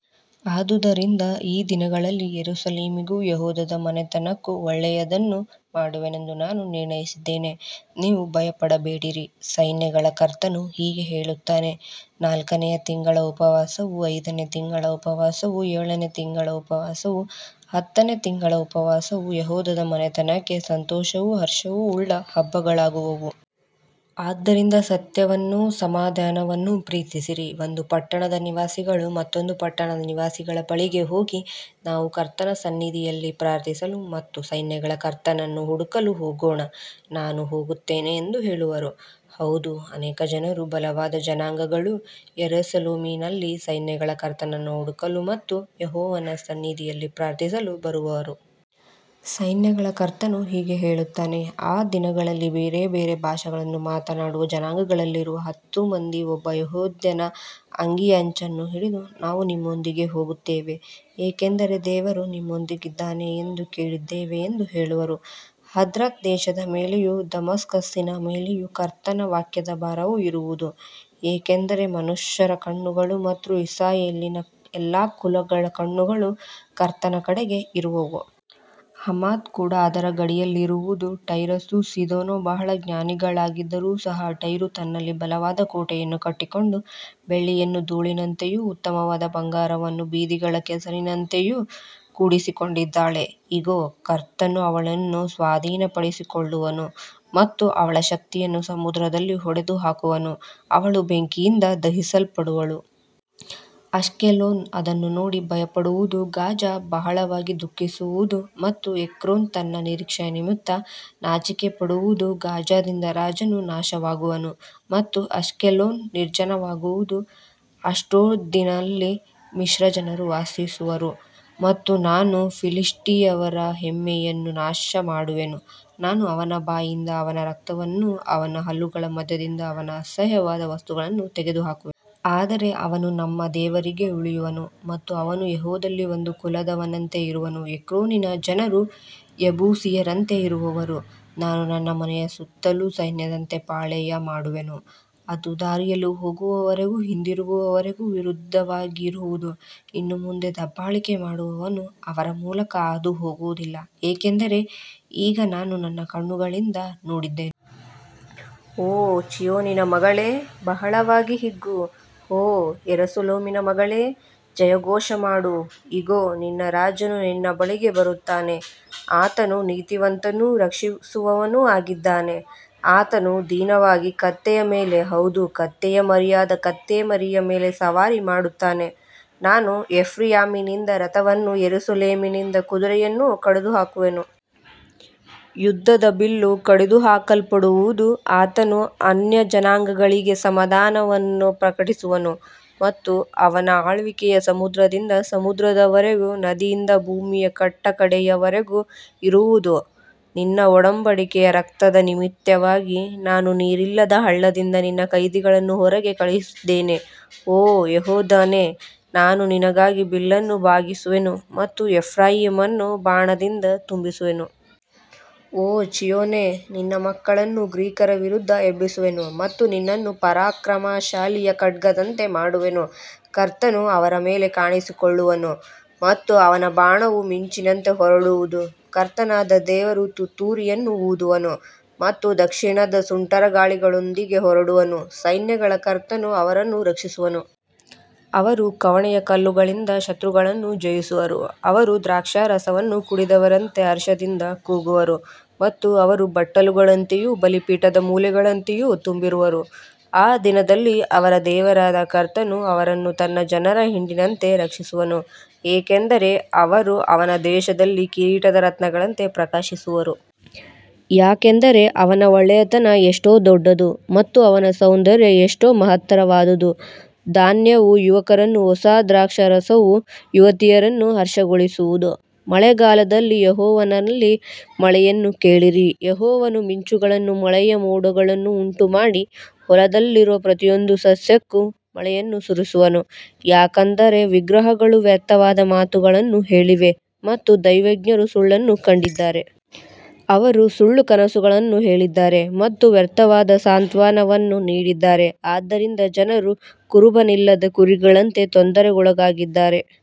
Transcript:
ಆದುದರಿಂದ ಈ ದಿನಗಳಲ್ಲಿ ಯೆರೂಸಲೇಮಿಗೂ ಯೆಹೂದದ ಮನೆತನಕ್ಕೂ ಒಳ್ಳೆಯದನ್ನು ಮಾಡುವೆನೆಂದು ನಾನು ನಿರ್ಣಯಿಸಿದ್ದೇನೆ. ನೀವು ಭಯಪಡಬೇಡಿರಿ. ಸೈನ್ಯಗಳ ಕರ್ತನು ಹೀಗೆ ಹೇಳುತ್ತಾನೆ, ನಾಲ್ಕನೆಯ ತಿಂಗಳ ಉಪವಾಸವೂ, ಐದನೆಯ ತಿಂಗಳ ಉಪವಾಸವೂ, ಏಳನೆಯ ತಿಂಗಳ ಉಪವಾಸವೂ, ಹತ್ತನೆಯ ತಿಂಗಳ ಉಪವಾಸವೂ ಯೆಹೂದದ ಮನೆತನಕ್ಕೆ ಸಂತೋಷವೂ ಹರ್ಷವೂ ಉಳ್ಳ ಹಬ್ಬಗಳಾಗುವವು. ಆದ್ದರಿಂದ ಸತ್ಯವನ್ನೂ ಸಮಾಧಾನವನ್ನೂ ಪ್ರೀತಿಸಿರಿ. ಒಂದು ಪಟ್ಟಣದ ನಿವಾಸಿಗಳು ಮತ್ತೊಂದು ಪಟ್ಟಣದ ನಿವಾಸಿಗಳ ಬಳಿಗೆ ಹೋಗಿ, ನಾವು ಕರ್ತನ ಸನ್ನಿಧಿಯಲ್ಲಿ ಪ್ರಾರ್ಥಿಸಲು ಮತ್ತು ಸೈನ್ಯಗಳ ಕರ್ತನನ್ನು ಹುಡುಕಲು ಹೋಗೋಣ, ನಾನೂ ಹೋಗುತ್ತೇನೆ ಎಂದು ಹೇಳುವರು. ಹೌದು, ಅನೇಕ ಜನರೂ ಬಲವಾದ ಜನಾಂಗಗಳೂ ಯೆರೂಸಲೇಮಿನಲ್ಲಿ ಸೈನ್ಯಗಳ ಕರ್ತನನ್ನು ಹುಡುಕಲು ಮತ್ತು ಯೆಹೋವನ ಸನ್ನಿಧಿಯಲ್ಲಿ ಪ್ರಾರ್ಥಿಸಲು ಬರುವರು. ಸೈನ್ಯಗಳ ಕರ್ತನು ಹೀಗೆ ಹೇಳುತ್ತಾನೆ, ಆ ದಿನಗಳಲ್ಲಿ ಬೇರೆ ಬೇರೆ ಭಾಷೆಗಳನ್ನು ಮಾತನಾಡುವ ಜನಾಂಗಗಳಲ್ಲಿರುವ ಹತ್ತು ಮಂದಿ ಒಬ್ಬ ಯೆಹೂದ್ಯನ ಅಂಗಿಯ ಅಂಚನ್ನು ಹಿಡಿದು, ನಾವು ನಿಮ್ಮೊಂದಿಗೆ ಹೋಗುತ್ತೇವೆ, ಏಕೆಂದರೆ ದೇವರು ನಿಮ್ಮೊಂದಿಗಿದ್ದಾನೆ ಎಂದು ಕೇಳಿದ್ದೇವೆ ಎಂದು ಹೇಳುವರು. ಹದ್ರಕ್ ದೇಶದ ಮೇಲೆಯೂ ದಮಸ್ಕಸ್ಸಿನ ಮೇಲೆಯೂ ಕರ್ತನ ವಾಕ್ಯದ ಭಾರವು ಇರುವುದು, ಏಕೆಂದರೆ ಮನುಷ್ಯರ ಕಣ್ಣುಗಳು ಮತ್ತು ಇಸ್ರಾಯೇಲಿನ ಎಲ್ಲಾ ಕುಲಗಳ ಕಣ್ಣುಗಳು ಕರ್ತನ ಕಡೆಗೆ ಇರುವವು. ಹಮಾತ್ ಕೂಡ ಅದರ ಗಡಿಯಲ್ಲಿರುವುದು. ಟೈರೂಸೂ ಸೀದೋನೂ ಬಹಳ ಜ್ಞಾನಿಗಳಾಗಿದ್ದರೂ ಸಹ, ಟೈರೂ ತನ್ನಲ್ಲಿ ಬಲವಾದ ಕೋಟೆಯನ್ನು ಕಟ್ಟಿಕೊಂಡು ಬೆಳ್ಳಿಯನ್ನು ಧೂಳಿನಂತೆಯೂ ಉತ್ತಮವಾದ ಬಂಗಾರವನ್ನು ಬೀದಿಗಳ ಕೆಸರಿನಂತೆಯೂ ಕೂಡಿಸಿಕೊಂಡಿದ್ದಾಳೆ. ಇಗೋ, ಕರ್ತನು ಅವಳನ್ನು ಸ್ವಾಧೀನಪಡಿಸಿಕೊಳ್ಳುವನು ಮತ್ತು ಅವಳ ಶಕ್ತಿಯನ್ನು ಸಮುದ್ರದಲ್ಲಿ ಹೊಡೆದುಹಾಕುವನು, ಅವಳು ಬೆಂಕಿಯಿಂದ ದಹಿಸಲ್ಪಡುವಳು. ಅಷ್ಕೆಲೋನ್ ಅದನ್ನು ನೋಡಿ ಭಯಪಡುವುದು, ಗಾಜಾ ಬಹಳವಾಗಿ ದುಃಖಿಸುವುದು ಮತ್ತು ಎಕ್ರೋನ್ ತನ್ನ ನಿರೀಕ್ಷೆಯ ನಿಮಿತ್ತ ನಾಚಿಕೆಪಡುವುದು. ಗಾಜಾದಿಂದ ರಾಜನು ನಾಶವಾಗುವನು ಮತ್ತು ಅಷ್ಕೆಲೋನ್ ನಿರ್ಜನವಾಗುವುದು. ಅಷ್ಡೋದಿನಲ್ಲಿ ಮಿಶ್ರಜನರು ವಾಸಿಸುವರು ಮತ್ತು ನಾನು ಫಿಲಿಷ್ಟಿಯರ ಹೆಮ್ಮೆಯನ್ನು ನಾಶಮಾಡುವೆನು. ನಾನು ಅವನ ಬಾಯಿಂದ ಅವನ ರಕ್ತವನ್ನೂ ಅವನ ಹಲ್ಲುಗಳ ಮಧ್ಯದಿಂದ ಅವನ ಅಸಹ್ಯವಾದ ವಸ್ತುಗಳನ್ನೂ ತೆಗೆದುಹಾಕುವೆನು. ಆದರೆ ಅವನು ನಮ್ಮ ದೇವರಿಗೆ ಉಳಿಯುವನು ಮತ್ತು ಅವನು ಯೆಹೂದದಲ್ಲಿ ಒಂದು ಕುಲದವನಂತೆ ಇರುವನು. ಎಕ್ರೋನಿನ ಜನರು ಯೆಬೂಸಿಯರಂತೆ ಇರುವವರು. ನಾನು ನನ್ನ ಮನೆಯ ಸುತ್ತಲೂ ಸೈನ್ಯದಂತೆ ಪಾಳೆಯ ಮಾಡುವೆನು, ಅದು ದಾರಿಯಲ್ಲಿ ಹೋಗುವವರಿಗೂ ಹಿಂದಿರುಗುವವರಿಗೂ ವಿರುದ್ಧವಾಗಿ ಇರುವುದು. ಇನ್ನು ಮುಂದೆ ದಬ್ಬಾಳಿಕೆ ಮಾಡುವವನು ಅವರ ಮೂಲಕ ಹಾದುಹೋಗುವುದಿಲ್ಲ, ಏಕೆಂದರೆ ಈಗ ನಾನು ನನ್ನ ಕಣ್ಣುಗಳಿಂದ ನೋಡಿದ್ದೇನೆ. ಓ ಚೀಯೋನಿನ ಮಗಳೇ, ಬಹಳವಾಗಿ ಹಿಗ್ಗು. ಓ ಯೆರೂಸಲೇಮಿನ ಮಗಳೇ, ಜಯಘೋಷ ಮಾಡು. ಇಗೋ, ನಿನ್ನ ರಾಜನು ನಿನ್ನ ಬಳಿಗೆ ಬರುತ್ತಾನೆ. ಆತನು ನೀತಿವಂತನೂ ರಕ್ಷಿಸುವವನೂ ಆಗಿದ್ದಾನೆ. ಆತನು ದೀನನಾಗಿ ಕತ್ತೆಯ ಮೇಲೆ, ಹೌದು, ಕತ್ತೆಯ ಮರಿಯಾದ ಕತ್ತೆಮರಿಯ ಮೇಲೆ ಸವಾರಿ ಮಾಡುತ್ತಾನೆ. ನಾನು ಎಫ್ರಾಯೀಮಿನಿಂದ ರಥವನ್ನೂ ಯೆರೂಸಲೇಮಿನಿಂದ ಕುದುರೆಯನ್ನೂ ಕಡಿದುಹಾಕುವೆನು. ಯುದ್ಧದ ಬಿಲ್ಲು ಕಡಿದುಹಾಕಲ್ಪಡುವುದು. ಆತನು ಅನ್ಯಜನಾಂಗಗಳಿಗೆ ಸಮಾಧಾನವನ್ನು ಪ್ರಕಟಿಸುವನು ಮತ್ತು ಅವನ ಆಳ್ವಿಕೆಯು ಸಮುದ್ರದಿಂದ ಸಮುದ್ರದವರೆಗೂ, ನದಿಯಿಂದ ಭೂಮಿಯ ಕಟ್ಟಕಡೆಯವರೆಗೂ ಇರುವದು. ನಿನ್ನ ಒಡಂಬಡಿಕೆಯ ರಕ್ತದ ನಿಮಿತ್ತವಾಗಿ ನಾನು ನೀರಿಲ್ಲದ ಹಳ್ಳದಿಂದ ನಿನ್ನ ಕೈದಿಗಳನ್ನು ಹೊರಗೆ ಕಳುಹಿಸಿದ್ದೇನೆ. ಓ ಯೆಹೂದನೇ, ನಾನು ನಿನಗಾಗಿ ಬಿಲ್ಲನ್ನು ಬಾಗಿಸುವೆನು ಮತ್ತು ಎಫ್ರಾಯೀಮನ್ನು ಬಾಣದಿಂದ ತುಂಬಿಸುವೆನು. ಓ ಚೀಯೋನೇ, ನಿನ್ನ ಮಕ್ಕಳನ್ನು ಗ್ರೀಕರ ವಿರುದ್ಧ ಎಬ್ಬಿಸುವೆನು ಮತ್ತು ನಿನ್ನನ್ನು ಪರಾಕ್ರಮಶಾಲಿಯ ಖಡ್ಗದಂತೆ ಮಾಡುವೆನು. ಕರ್ತನು ಅವರ ಮೇಲೆ ಕಾಣಿಸಿಕೊಳ್ಳುವನು ಮತ್ತು ಅವನ ಬಾಣವು ಮಿಂಚಿನಂತೆ ಹೊರಡುವುದು. ಕರ್ತನಾದ ದೇವರು ತುತ್ತೂರಿಯನ್ನು ಊದುವನು ಮತ್ತು ದಕ್ಷಿಣದ ಸುಂಟರಗಾಳಿಗಳೊಂದಿಗೆ ಹೊರಡುವನು. ಸೈನ್ಯಗಳ ಕರ್ತನು ಅವರನ್ನು ರಕ್ಷಿಸುವನು. ಅವರು ಕವಣೆಯ ಕಲ್ಲುಗಳಿಂದ ಶತ್ರುಗಳನ್ನು ಜಯಿಸುವರು. ಅವರು ದ್ರಾಕ್ಷಾರಸವನ್ನು ಕುಡಿದವರಂತೆ ಹರ್ಷದಿಂದ ಕೂಗುವರು ಮತ್ತು ಅವರು ಬಟ್ಟಲುಗಳಂತೆಯೂ ಬಲಿಪೀಠದ ಮೂಲೆಗಳಂತೆಯೂ ತುಂಬಿರುವರು. ಆ ದಿನದಲ್ಲಿ ಅವರ ದೇವರಾದ ಕರ್ತನು ಅವರನ್ನು ತನ್ನ ಜನರ ಹಿಂಡಿನಂತೆ ರಕ್ಷಿಸುವನು, ಏಕೆಂದರೆ ಅವರು ಅವನ ದೇಶದಲ್ಲಿ ಕಿರೀಟದ ರತ್ನಗಳಂತೆ ಪ್ರಕಾಶಿಸುವರು. ಯಾಕಂದರೆ ಅವನ ಒಳ್ಳೆಯತನ ಎಷ್ಟೋ ದೊಡ್ಡದು ಮತ್ತು ಅವನ ಸೌಂದರ್ಯ ಎಷ್ಟೋ ಮಹತ್ತರವಾದುದು. ಧಾನ್ಯವು ಯುವಕರನ್ನೂ ಹೊಸ ದ್ರಾಕ್ಷಾರಸವು ಯುವತಿಯರನ್ನೂ ಹರ್ಷಗೊಳಿಸುವುದು. ಮಳೆಗಾಲದಲ್ಲಿ ಯೆಹೋವನಲ್ಲಿ ಮಳೆಯನ್ನು ಕೇಳಿರಿ. ಯೆಹೋವನು ಮಿಂಚುಗಳನ್ನೂ ಮಳೆಯ ಮೋಡಗಳನ್ನೂ ಉಂಟುಮಾಡಿ ಹೊಲದಲ್ಲಿರುವ ಪ್ರತಿಯೊಂದು ಸಸ್ಯಕ್ಕೂ ಮಳೆಯನ್ನು ಸುರಿಸುವನು. ಯಾಕಂದರೆ ವಿಗ್ರಹಗಳು ವ್ಯರ್ಥವಾದ ಮಾತುಗಳನ್ನು ಹೇಳಿವೆ ಮತ್ತು ದೈವಜ್ಞರು ಸುಳ್ಳನ್ನು ಕಂಡಿದ್ದಾರೆ. ಅವರು ಸುಳ್ಳು ಕನಸುಗಳನ್ನು ಹೇಳಿದ್ದಾರೆ ಮತ್ತು ವ್ಯರ್ಥವಾದ ಸಾಂತ್ವನವನ್ನು ನೀಡಿದ್ದಾರೆ. ಆದ್ದರಿಂದ ಜನರು ಕುರುಬನಿಲ್ಲದ ಕುರಿಗಳಂತೆ ತೊಂದರೆಗೊಳಗಾಗಿದ್ದಾರೆ.